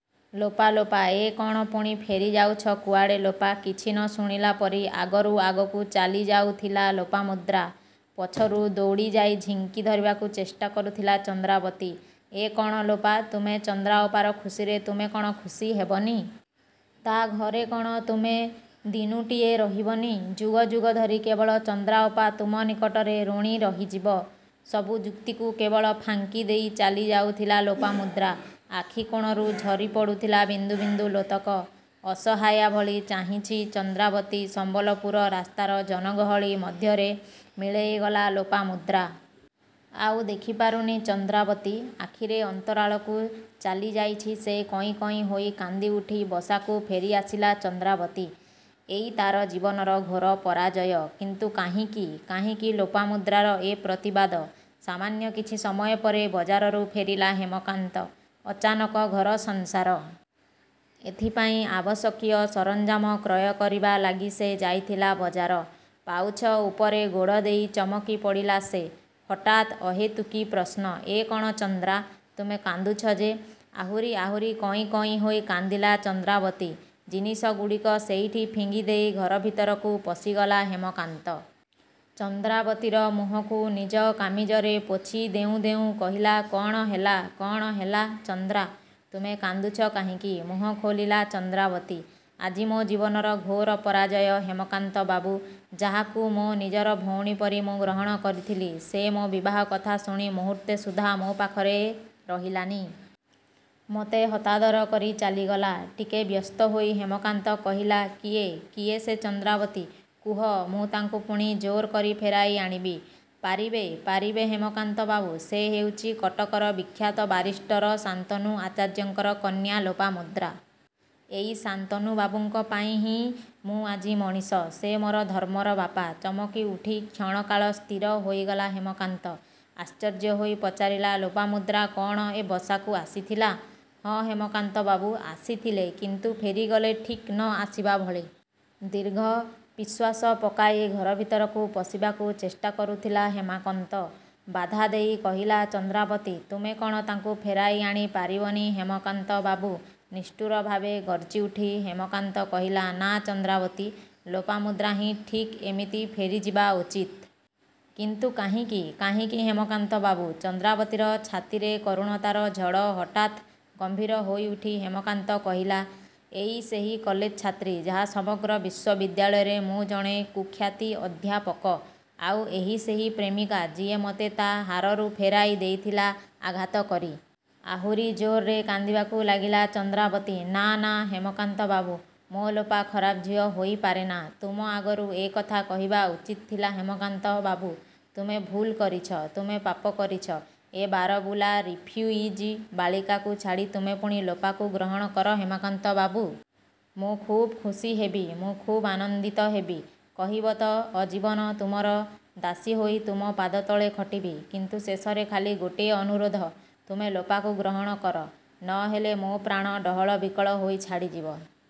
''ଲୋପା ଲୋପା! ଏ କ'ଣ ପୁଣି ଫେରିଯାଉଛ କୁଆଡ଼େ ଲୋପା! '' କିଛି ନ ଶୁଣିଲା ପରି ଆଗରୁ ଆଗକୁ ଚାଲି ଯାଉଥିଲା ଲୋପାମୁଦ୍ରା ପଛରୁ ଦୌଡ଼ି ଯାଇ ଝିଙ୍କି ଧରିବାକୁ ଚେଷ୍ଟା କରୁଥିଲା ଚନ୍ଦ୍ରାବତୀ ''ଏ କ'ଣ ଲୋପା! ତୁମ ଚନ୍ଦ୍ରାଅପାର ଖୁସିରେ ତୁମେ କ'ଣ ଖୁସି ହେବନି? ତା'ଘରେ କ'ଣ ତୁମେ ଦିନୁଟିଏ ରହିବନି। ଯୁଗ ଯୁଗ ଧରି କେବଳ ଚନ୍ଦ୍ରାଅପା ତୁମ ନିକଟରେ ଋଣୀ ରହିଯିବ? '' ସବୁ ଯୁକ୍ତିକୁ କେବଳ ଫାଙ୍କି ଦେଇ ଚାଲି ଯାଉଥିଲା ଲୋପାମୁଦ୍ରା। ଆଖିକୋଣରୁ ଝରିପଡ଼ୁଥିଲା ବିନ୍ଦୁ ବିନ୍ଦୁ ଲୋତକ ଅସହାୟା ଭଳି ଚାହିଁଛି ଚନ୍ଦ୍ରାବତୀ ସମ୍ବଲପୁର ରାସ୍ତାର ଜନଗହଳି ମଧ୍ୟରେ ମିଳେଇଗଲା ଲୋପାମୁଦ୍ରା। ଆଉ ଦେଖିପାରୁନି ଚନ୍ଦ୍ରାବତୀ। ଆଖିରେ ଅନ୍ତରାଳକୁ ଚାଲିଯାଇଛି ସେ କଇଁ କଇଁ ହୋଇ କାନ୍ଦିଉଠି ବସାକୁ ଫେରିଆସିଲା ଚନ୍ଦ୍ରାବତୀ ଏଇ ତା'ର ଜୀବନର ଘୋର ପରାଜୟ। କିନ୍ତୁ କାହିଁକି କାହିଁକି ଲୋପାମୁଦ୍ରାର ଏ ପ୍ରତିବାଦ? ସାମାନ୍ୟ କିଛି ସମୟ ପରେ ବଜାରରୁ ଫେରିଲା ହେମକାନ୍ତ। ଅଚାନକ ଘର-ସଂସାର। ଏଥିପାଇଁ ଆବଶକୀୟ ସରଞ୍ଜାମ କ୍ରୟ କରିବା ଲାଗି ସେ ଯାଇଥିଲା ବଜାର। ପାଉଛ ଉପରେ ଗୋଡ଼ ଦେଇ ଚମକି ପଡ଼ିଲା ସେ। ହଠାତ୍ ଅହେତୁକୀ ପ୍ରଶ୍ନ ''ଏ କ'ଣ ଚନ୍ଦ୍ରା! ତୁମେ କାନ୍ଦୁଛ ଯେ! '' ଆହୁରି ଆହୁରି କଇଁ କଇଁ ହୋଇ କାନ୍ଦିଲା ଚନ୍ଦ୍ରାବତୀ ଜିନିଷଗୁଡ଼ିକୁ ସେଇଠି ଫିଙ୍ଗିଦେଇ ଘର ଭିତରକୁ ପଶିଗଲା ହେମକାନ୍ତ। ଚନ୍ଦ୍ରାବତୀର ମୁହଁକୁ ନିଜ କାମିଜରେ ପୋଛି ଦେଉଁ ଦେଉଁ କହିଲା-''କ'ଣ ହେଲା କ'ଣ ହେଲା ଚନ୍ଦ୍ରା! ତୁମେ କାନ୍ଦୁଛ କାହିଁକି? '' ମୁହଁ ଖୋଲିଲା ଚନ୍ଦ୍ରାବତୀ ''ଆଜି ମୋ ଜୀବନର ଘୋର ପରାଜୟ ହେମକାନ୍ତ ବାବୁ! ଯାହାକୁ ମୋ ନିଜର ଭଉଣୀ ପରି ମୁଁ ଗ୍ରହଣ କରିଥିଲି, ସେ ମୋ ବିବାହ କଥା ଶୁଣି ମୁହୂର୍ତ୍ତେ ସୁଦ୍ଧା ମୋ ପାଖରେ ରହିଲାନି। ମୋତେ ହତାଦର କରି ଚାଲିଗଲା। '' ଟିକେ ବ୍ୟସ୍ତ ହୋଇ ହେମକାନ୍ତ କହିଲା-''କିଏ.. କିଏ ସେ ଚନ୍ଦ୍ରାବତୀ? କୁହ ମୁଁ ତାଙ୍କୁ ପୁଣି ଜୋରକରି ଫେରାଇ ଆଣିବି। '' ''ପାରିବେ ପାରିବେ ହେମକାନ୍ତ ବାବୁ? ସେ ହେଉଚି କଟକର ବିଖ୍ୟାତ ବାରିଷ୍ଟର ଶାନ୍ତନୁ ଆଚାର୍ଯ୍ୟଙ୍କର କନ୍ୟା ଲୋପାମୁଦ୍ରା। ଏଇ ଶାନ୍ତନୁ ବାବୁଙ୍କ ପାଇଁ ହିଁ ମୁଁ ଆଜି ମଣିଷ। ସେ ମୋର ଧର୍ମର ବାପା ''। ଚମକି ଉଠି କ୍ଷଣକାଳ ସ୍ଥିର ହୋଇଗଲା ହେମକାନ୍ତ ଆଶ୍ଚର୍ଯ୍ୟ ହୋଇ ପଚାରିଲା ''ଲୋପାମୁଦ୍ରା କ'ଣ ଏ ବସାକୁ ଆସିଥିଲା '' ''ହଁ ହେମକାନ୍ତ ବାବୁ! ଆସିଥିଲେ, କିନ୍ତୁ ଫେରିଗଲେ ଠିକ୍ ନ ଆସିବା ଭଳି। '' ଦୀର୍ଘ ପିଃଶ୍ୱାସ ପକାଇ ଘର ଭିତରକୁ ପଶିବାକୁ ଚେଷ୍ଟା କରୁଥିଲା ହେମାକନ୍ତ ବାଧା ଦେଇ କହିଲା ଚନ୍ଦ୍ରାବତୀ-''ତୁମେ କ'ଣ ତାଙ୍କୁ ଫେରାଇ ଆଣି ପାରିବନି ହେମକାନ୍ତ ବାବୁ? '' ନିଷ୍ଠୁର ଭାବେ ଗର୍ଜିଉଠି ହେମକାନ୍ତ କହିଲା-''ନାଁ ଚନ୍ଦ୍ରାବତୀ ଲୋପାମୁଦ୍ରା ହିଁ ଠିକ୍ଏମିତି ଫେରିଯିବା ଉଚିତ। '' ''କିନ୍ତୁ କାହିଁକି କାହିଁକି ହେମକାନ୍ତ ବାବୁ! '' ଚନ୍ଦ୍ରାବତୀର ଛାତିରେ କରୁଣତାର ଝଡ଼ ହଠାତ୍ ଗମ୍ଭୀର ହୋଇଉଠି ହେମକାନ୍ତ କହିଲା-''ଏଇ ସେହି କଲେଜ ଛାତ୍ରୀ ଯାହା ସମଗ୍ର ବିଶ୍ୱବିଦ୍ୟାଳୟରେ ମୁଁ ଜଣେ କୁଖ୍ୟାତି ଅଧ୍ୟାପକ। ଆଉ ଏହି ସେହି ପ୍ରେମିକା ଯିଏ ମୋତେ ତା' ହାରରୁ ଫେରାଇ ଦେଇଥିଲା ଆଘାତ କରି। '' ଆହୁରି ଜୋରରେ କାନ୍ଦିବାକୁ ଲାଗିଲା ଚନ୍ଦ୍ରାବତୀ ''ନାଁ ନାଁ, ହେମକାନ୍ତ ବାବୁ! ମୋ ଲୋପା ଖରାପ ଝିଅ ହୋଇ ପାରେନା। ତୁମର-ଆଗରୁ ଏ କଥା କହିବା ଉଚିତ ଥିଲା ହେମକାନ୍ତ ବାବୁ। ତୁମେ ଭୁଲ୍ କରିଛ.. ତୁମେ ପାପ କରିଛ। ଏ ବାରବୁଲା ରିଫୁଇଜି ବାଳିକାକୁ ଛାଡ଼ି ତୁମେ ପୁଣି ଲୋପାକୁ ଗ୍ରହଣ କର ହେମକାନ୍ତ ବାବୁ! ମୁଁ ଖୁବ୍ ଖୁସି ହେବି। ମୁଁ ଖୁବ୍ ଆନନ୍ଦିତ ହେବି। କହିବ ତ ଆଜୀବନ ତୁମର ଦାସୀ ହୋଇ ତୁମ ପାଦତଳେ ଖଟିବି। କିନ୍ତୁ ଶେଷରେ ଖାଲି ଗୋଟିଏ ଅନୁରୋଧ-ତୁମେ ଲୋପାକୁ ଗ୍ରହଣ କର। ନ ହେଲେ ମୋ ପ୍ରାଣ ଡହଳ ବିକଳ ହୋଇ ଛାଡ଼ିଯିବ।